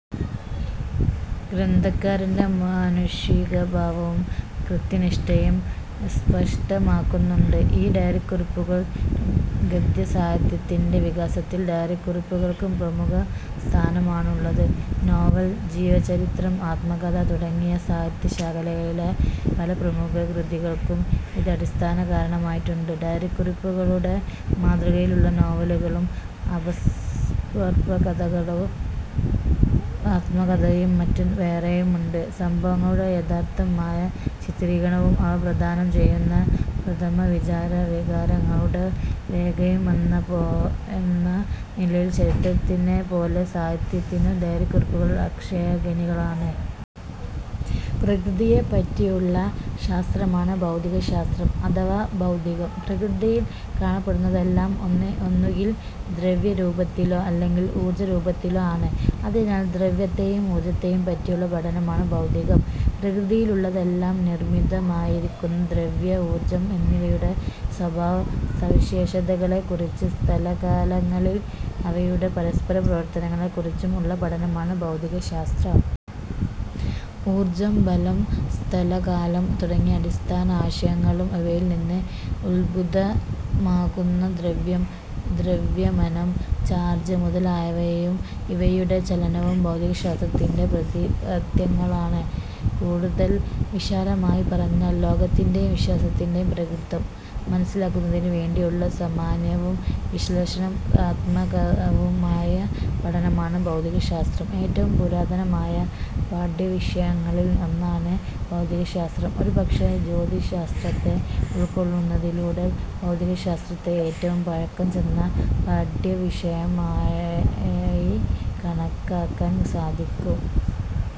ഗ്രന്ഥകാരന്റെ മാനുഷികഭാവവും കൃത്യനിഷ്ഠയും സ്പഷ്ടമാക്കുന്നുണ്ട് ഈ ഡയറിക്കുറിപ്പുകൾ. ഗദ്യസാഹിത്യത്തിന്റെ വികാസത്തിൽ ഡയറിക്കുറിപ്പുകൾക്ക് പ്രമുഖസ്ഥാനമാണുള്ളത്. നോവൽ, ജീവചരിത്രം, ആത്മകഥ തുടങ്ങിയ സാഹിത്യ ശാഖകളിലെ പല പ്രമുഖകൃതികൾക്കും ഇത് അടിസ്ഥാന കാരണമായിട്ടുണ്ട്. ഡയറിക്കുറിപ്പുകളുടെ മാതൃകയിലുള്ള നോവലുകളും അപസർപ്പകകഥകളും ആത്മകഥയും മറ്റും വേറെയുമുണ്ട്. സംഭവങ്ങളുടെ യഥാതഥമായ ചിത്രീകരണവും അവ പ്രദാനം ചെയ്യുന്ന പ്രഥമ വിചാര വികാരങ്ങളുടെ രേഖയുമെന്ന നിലയിൽ ചരിത്രത്തിനെന്ന പോലെ സാഹിത്യത്തിനും ഡയറിക്കുറിപ്പുകൾ അക്ഷയഖനികളാണ്. പ്രകൃതിയെപ്പറ്റിയുള്ള ശാസ്ത്രമാണ് ഭൗതികശാസ്ത്രം അഥവാ ഭൗതികം. പ്രകൃതിയിൽ കാണപ്പെടുന്നതെല്ലാം ഒന്നുകിൽ ദ്രവ്യരൂപത്തിലോ അല്ലെങ്കിൽ ഊർജരൂപത്തിലോ ആണ്. അതിനാൽ ദ്രവ്യത്തെയും ഊർജ്ജത്തെയും പറ്റിയുള്ള പഠനമാണ് ഭൗതികം. പ്രകൃതിയിലുള്ളതെല്ലാം നിർമ്മിതമായിരിക്കുന്ന ദ്രവ്യം, ഊർജം എന്നിവയുടെ സ്വഭാവ സവിശേഷതകളെ കുറിച്ചും, സ്ഥലകാലങ്ങളിൽ അവയുടെ പരസ്പര പ്രവർത്തനങ്ങളെ കുറിച്ചും ഉള്ള പഠനമാണ് ഭൗതികശാസ്ത്രം. ഊർജം, ബലം, സ്ഥലകാലം തുടങ്ങിയ അടിസ്ഥാന ആശയങ്ങളും ഇവയിൽനിന്ന് ഉത്ഭൂതമാകുന്ന ദ്രവ്യം, ദ്രവ്യമാനം, ചാർജ് മുതലായവയും ഇവയുടെ ചലനവും ഭൗതികശാസ്ത്രത്തിന്റെ പ്രതിപാദ്യങ്ങളാണ്. കൂടുതൽ വിശാലമായി പറഞ്ഞാൽ, ലോകത്തിന്റെയും വിശ്വത്തിന്റെയും പ്രകൃതം മനസ്സിലാക്കുന്നതിനുവേണ്ടിയുള്ള സാമാന്യവും വിശ്ലേഷണാത്മകവുമായ പഠനമാണ് ഭൗതികശാസ്ത്രം. ഏറ്റവും പുരാതനമായ പാഠ്യവിഷയങ്ങളിൽ ഒന്നാണ് ഭൗതികശാസ്ത്രം. ഒരുപക്ഷേ, ജ്യോതിശാസ്ത്രത്തെ ഉൾക്കൊള്ളുന്നതിലൂടെ ഭൗതികശാസ്ത്രത്തെ ഏറ്റവും പഴക്കം ചെന്ന പാഠ്യവിഷയമായി കണക്കാക്കാൻ സാധിക്കും.